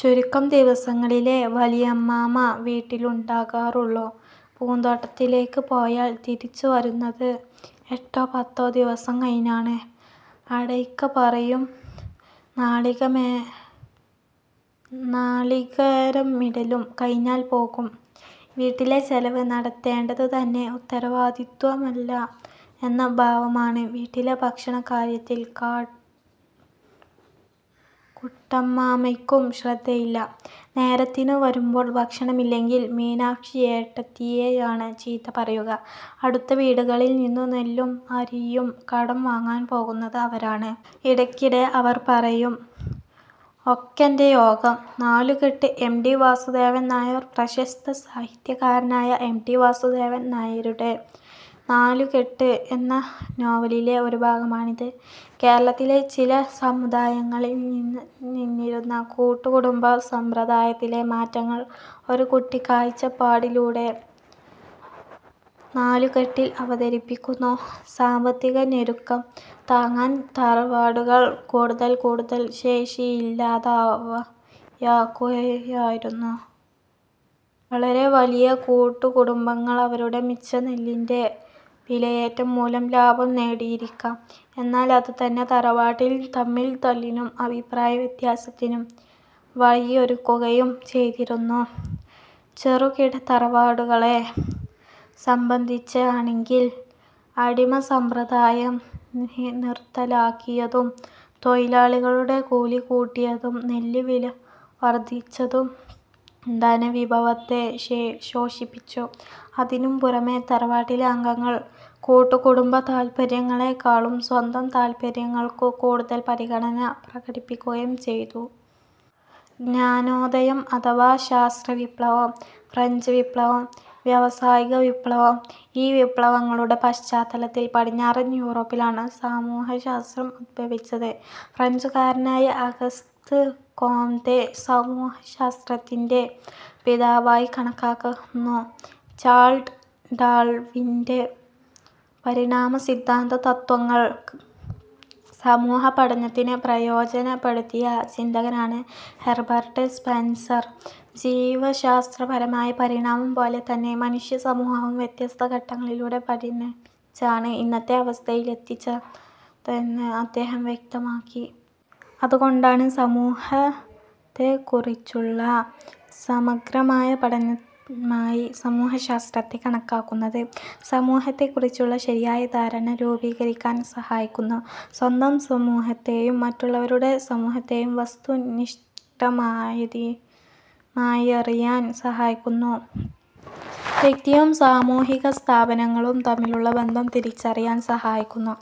ചുരുക്കം ദിവസങ്ങളിലേ വലിയമ്മാമ വീട്ടിലുണ്ടാകാറുള്ളൂ. പൂന്തോട്ടത്തിലേക്ക് പോയാൽ തിരിച്ചുവരുന്നത് എട്ടോ പത്തോ ദിവസം കഴിഞ്ഞാണ്. അടയ്ക്കപറിയും നാളികേരമിടലും കഴിഞ്ഞാൽ പോകും. വീട്ടിലെ ചെലവ് നടത്തേണ്ടതു തന്റെ ഉത്തരവാദിത്വമല്ല എന്ന ഭാവമാണ്. വീട്ടിലെ ഭക്ഷണക്കാര്യത്തിൽ കുട്ടമ്മാമയ്ക്കും ശ്രദ്ധയില്ല. നേരത്തിനു വരുമ്പോൾ ഭക്ഷണമില്ലെങ്കിൽ മീനാക്ഷിയേടത്തിയെയാണ് ചീത്ത പറയുക. അടുത്ത വീടുകളിൽ നിന്നു നെല്ലും അരിയും കടം വാങ്ങാൻ പോകുന്നത് അവരാണ്. ഇടയ്ക്കിടെ അവർ പറയും; ഒക്കെന്റെ യോഗം. നാലുകെട്ട് എം. ടി. വാസുദേവൻനായർ പ്രശസ്ത സാഹിത്യകാരനായ എം. ടി. വാസുദേവൻ നായരുടെ നാലുകെട്ട് എന്ന നോവലിലെ ഒരു ഭാഗമാണിത്. കേരളത്തിലെ ചില സമുദായങ്ങളിൽ നിലനിന്നിരുന്ന കൂട്ടുകുടുംബ സമ്പ്രദായത്തിലെ മാറ്റങ്ങൾ ഒരു കുട്ടിയുടെ കാഴ്ചപ്പാടിലൂടെ നാലുകെട്ടി'ൽ അവതരിപ്പിക്കുന്നു. സാമ്പത്തികഞെരുക്കം താങ്ങാൻ തറവാടുകൾ കൂടുതൽ കൂടുതൽ ശേഷിയില്ലാത്തവയാകുകയായിരുന്നു. വളരെ വലിയ കൂട്ടുകു ടുംബങ്ങൾ അവരുടെ മിച്ച നെല്ലിന്റെ വിലയേറ്റം മൂലം ലാഭം നേടിയിരിക്കാം. എന്നാൽ അതുതന്നെ തറവാട്ടിൽ തമ്മിൽ തല്ലിനും അഭിപ്രായവ്യത്യാസത്തിനും വഴിയൊരുക്കുകയും ചെയ്തിരുന്നു. ചെറുകിട തറവാടുകളെ സംബന്ധിച്ചാണെങ്കിൽ അടിമസമ്പ്രദായം നിർത്തലാക്കിയതും തൊഴിലാളികളുടെ കൂലി കൂട്ടിയതും നെല്ല് വില വർധിച്ചതും ധനവിഭവത്തെ ശോഷിപ്പിച്ചു. അതിനും പുറമെ, തറവാട്ടിലെ അംഗങ്ങൾ കൂട്ടുകുടുംബ താൽപ്പര്യങ്ങളെക്കാളും സ്വന്തം താൽപ്പര്യങ്ങൾക്കു കൂടുതൽ പരിഗണന പ്രകടിപ്പിക്കുകയും ചെയ്തു. ജ്ഞാനോദയം അഥവാ ശാസ്ത്രവിപ്ലവം. ഫ്രഞ്ച് വിപ്ലവം. വ്യാവസായികവിപ്ലവം ഈ വിപ്ലവങ്ങളുടെ പശ്ചാത്തലത്തിൽ പടിഞ്ഞാറൻ യൂറോപ്പിലാണ് സമൂഹശാസ്ത്രം ഉത്ഭവിച്ചത്. ഫ്രഞ്ചുകാരനായ അഗസ്ത് കോംതെ സമൂഹശാസ്ത്രത്തിന്റെ പിതാവായി കണക്കാക്കുന്നു. ചാൾസ് ഡാർവിന്റെ പരിണാമസിദ്ധാന്തതത്ത്വങ്ങൾ സമൂഹപഠനത്തിന് പ്രയോജനപ്പെടുത്തിയ ചിന്തകനാണ് ഹെർബർട്ട് സ്പെൻസർ. ജീവശാസ്ത്രപരമായ പരിണാമം പോലെ തന്നെ മനുഷ്യസമൂഹവും വ്യത്യസ്ത ഘട്ടങ്ങളിലൂടെ പരിണമിച്ചാണ് ഇന്നത്തെ അവസ്ഥയിലെത്തിച്ചേർന്നതെന്ന് അദ്ദേഹം വ്യക്തമാക്കി. അതുകൊണ്ടാണ് സമൂഹത്തെക്കുറിച്ചുള്ള സമഗ്രമായ പഠനമായി സമൂഹശാസ്ത്രത്തെ കണക്കാക്കുന്നത്. സമൂഹത്തെക്കുറിച്ചുള്ള ശരിയായ ധാരണ രൂപീകരിക്കാൻ സഹായിക്കുന്നു. സ്വന്തം സമൂഹത്തെയും മറ്റുള്ളവരുടെ സമൂഹത്തെയും വസ്തുനിഷ്ഠമായറിയാൻ സഹായിക്കുന്നു. വ്യക്തിയും സാമൂഹികസ്ഥാപനങ്ങളും തമ്മിലുള്ള ബന്ധം തിരിച്ചറിയാൻ സഹായിക്കുന്നു.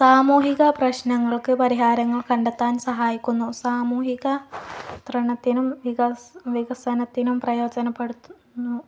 സാമൂഹികപ്രശ്നങ്ങളെക്കുറിച്ച് സൂക്ഷ്മമായി പഠിക്കുന്നു. സാമൂഹികപ്രശ്നങ്ങൾക്ക് പരിഹാരങ്ങൾ കണ്ടെത്താൻ സഹായിക്കുന്നു. സാമൂഹികാസൂത്രണത്തിനും വികസനത്തിനും പ്രയോജനപ്പെടുന്നു.